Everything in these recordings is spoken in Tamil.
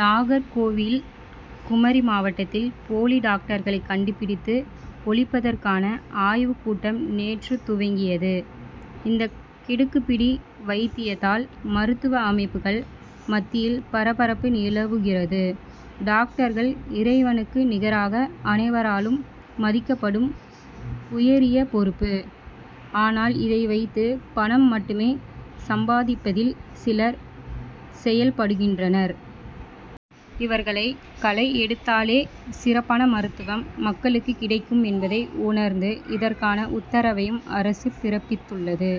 நாகர்கோவில் குமரி மாவட்டத்தில் போலி டாக்டர்களை கண்டுபிடித்து ஒழிப்பதற்கான ஆய்வுக்கூட்டம் நேற்று துவங்கியது. இந்த கிடுக்கிப்பிடி வைத்தியத்தால் மருத்துவ அமைப்புகள் மத்தியில் பரபரப்பு நிலவுகிறது. டாக்டர்கள்- இறைவனுக்கு நிகராக அனைவராலும் மதிக்கப்படும் உயரிய பொறுப்பு. ஆனால் இதை வைத்து பணம் மட்டுமே சம்பாதிப்பதில் சிலர் செயல்படுகின்றனர். இவர்களை களைஎடுத்தாலே சிறப்பான மருத்துவம் மக்களுக்கு கிடைக்கும் என்பதை உணர்ந்து இதற்கான உத்தரவையும் அரசு பிறப்பித்துள்ளது.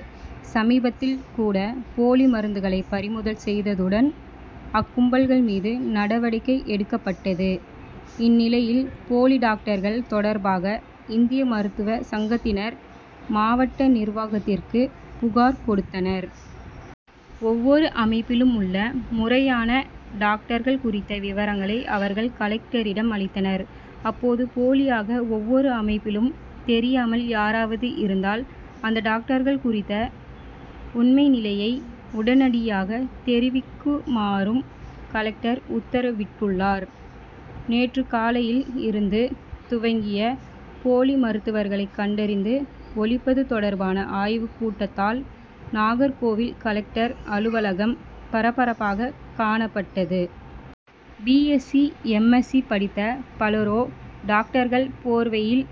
சமீபத்தில் கூட போலி மருந்துகளை பறிமுதல் செய்ததுடன், அக்கும்பல்கள் மீது நடவடிக்கை எடுக்கப்பட்டது. இந்நிலையில் போலி டாக்டர்கள் தொடர்பாக இந்திய மருத்துவ சங்கத்தினர் மாவட்ட நிர்வாகத்திற்கு புகார் கொடுத்தனர். ஒவ்வொரு அமைப்பிலும் உள்ள முறையான டாக்டர்கள் குறித்த விவரங்களை அவர்கள் கலெக்டரிடம் அளித்தனர். அப்போது போலியாக ஒவ்வொரு அமைப்பிலும் தெரியாமல் யாராவது இருந்தால் அந்த டாக்டர்கள் குறித்த உண்மை நிலையை உடனடியாக தெரிவிக்குமாறும் கலெக்டர் உத்தரவிட்டுள்ளார். நேற்று காலையில் இருந்து துவங்கிய போலி மருத்துவர்களை கண்டறிந்து ஒழிப்பது தொடர்பான ஆய்வு கூட்டத்தால் நாகர்கோவில் கலெக்டர் அலுவலகம் பரபரப்பாக காணப்பட்டது. பி. S C., M. எஸ்சி., படித்த பலரே டாக்டர்கள் போர்வையில்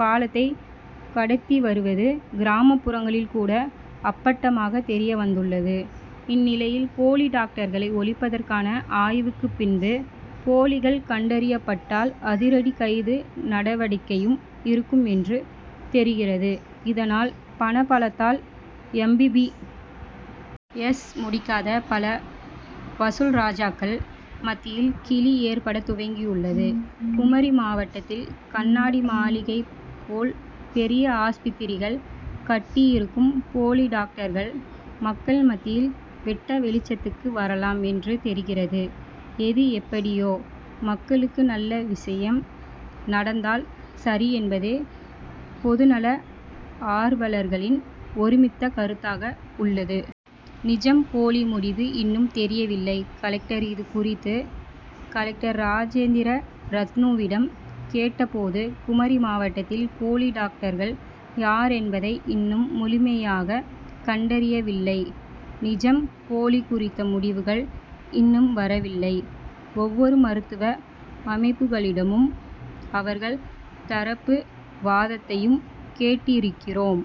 காலத்தை கடத்திவருவது கிராமப்புறங்களில் கூட அப்பட்டமாக தெரிய வந்துள்ளது. இந்நிலையில் போலி டாக்டர்களை ஒழிப்பதற்கான ஆய்வுக்குபின்பு போலிகள் கண்டறியப்பட்டால் அதிரடி கைது நடவடிக்கையும் இருக்கும் என்று தெரிகிறது. இதனால் பணபலத்தால் எம். பி. பி. எஸ். முடிக்காத பல வசூல்ராஜாக்கள் மத்தியில் கிலி ஏற்பட துவங்கியுள்ளது. குமரி மாவட்டத்தில் கண்ணாடி மாளிகைப்போல் பெரிய ஆஸ்பத்திரிகள் கட்டியிருக்கும் போலி டாக்டர்கள் மக்கள் மத்தியில் வெட்டவெளிச்சத்துக்கு வரலாம் என்று தெரிகிறது. எது எப்படியோ மக்களுக்கு நல்ல விஷயம் நடந்தால் சரிஎன்பதே பொதுநல ஆர்வலர்களின் ஒருமித்த கருத்தாக உள்ளது. நிஜம், போலி முடிவு இன்னும் தெரியவில்லை கலெக்டர் இதுகுறித்து கலெக்டர் ராஜேந்திர ரத்னூவிடம் கேட்டபோது குமரி மாவட்டத்தில் போலி டாக்டர்கள் யார் என்பதை இன்னும் முழுமையாக கண்டறியவில்லை. நிஜம், போலி குறித்த முடிவுகள் இன்னும் வரவில்லை. ஒவ்வொரு மருத்துவ அமைப்புகளிடமும் அவர்கள் தரப்பு வாதத்தையும் கேட்டிருக்கிறோம்.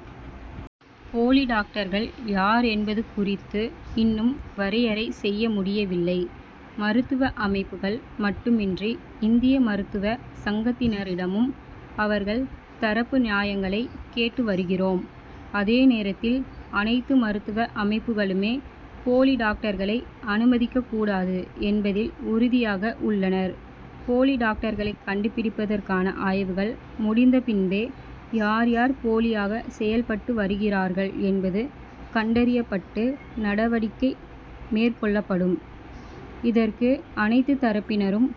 போலி டாக்டர்கள் யார் என்பது குறித்து இன்னும் வரையறை செய்யமுடியவில்லை. மருத்துவ அமைப்புகள் மட்டுமின்றி இந்திய மருத்துவ சங்கத்தினரிடமும் அவர்கள் தரப்பு நியாயங்களை கேட்டு வருகிறோம். அதே நேரத்தில் அனைத்து மருத்துவ அமைப்புகளுமே போலி டாக்டர்களை அனுமதிக்கக்கூடாது என்பதில் உறுதியாக உள்ளனர். போலி டாக்டர்களை கண்டுபிடிப்பதற்கான ஆய்வுகள் முடிந்த பின்பே யார், யார் போலியாக செயல்பட்டு வருகிறார்கள் என்பது கண்டறியப்பட்டு நடவடிக்கை மேற்கொள்ளப்படும். இதற்கு அனைத்து தரப்பினரும்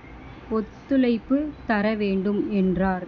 ஒத்துழைப்பு தரவேண்டும் என்றார்.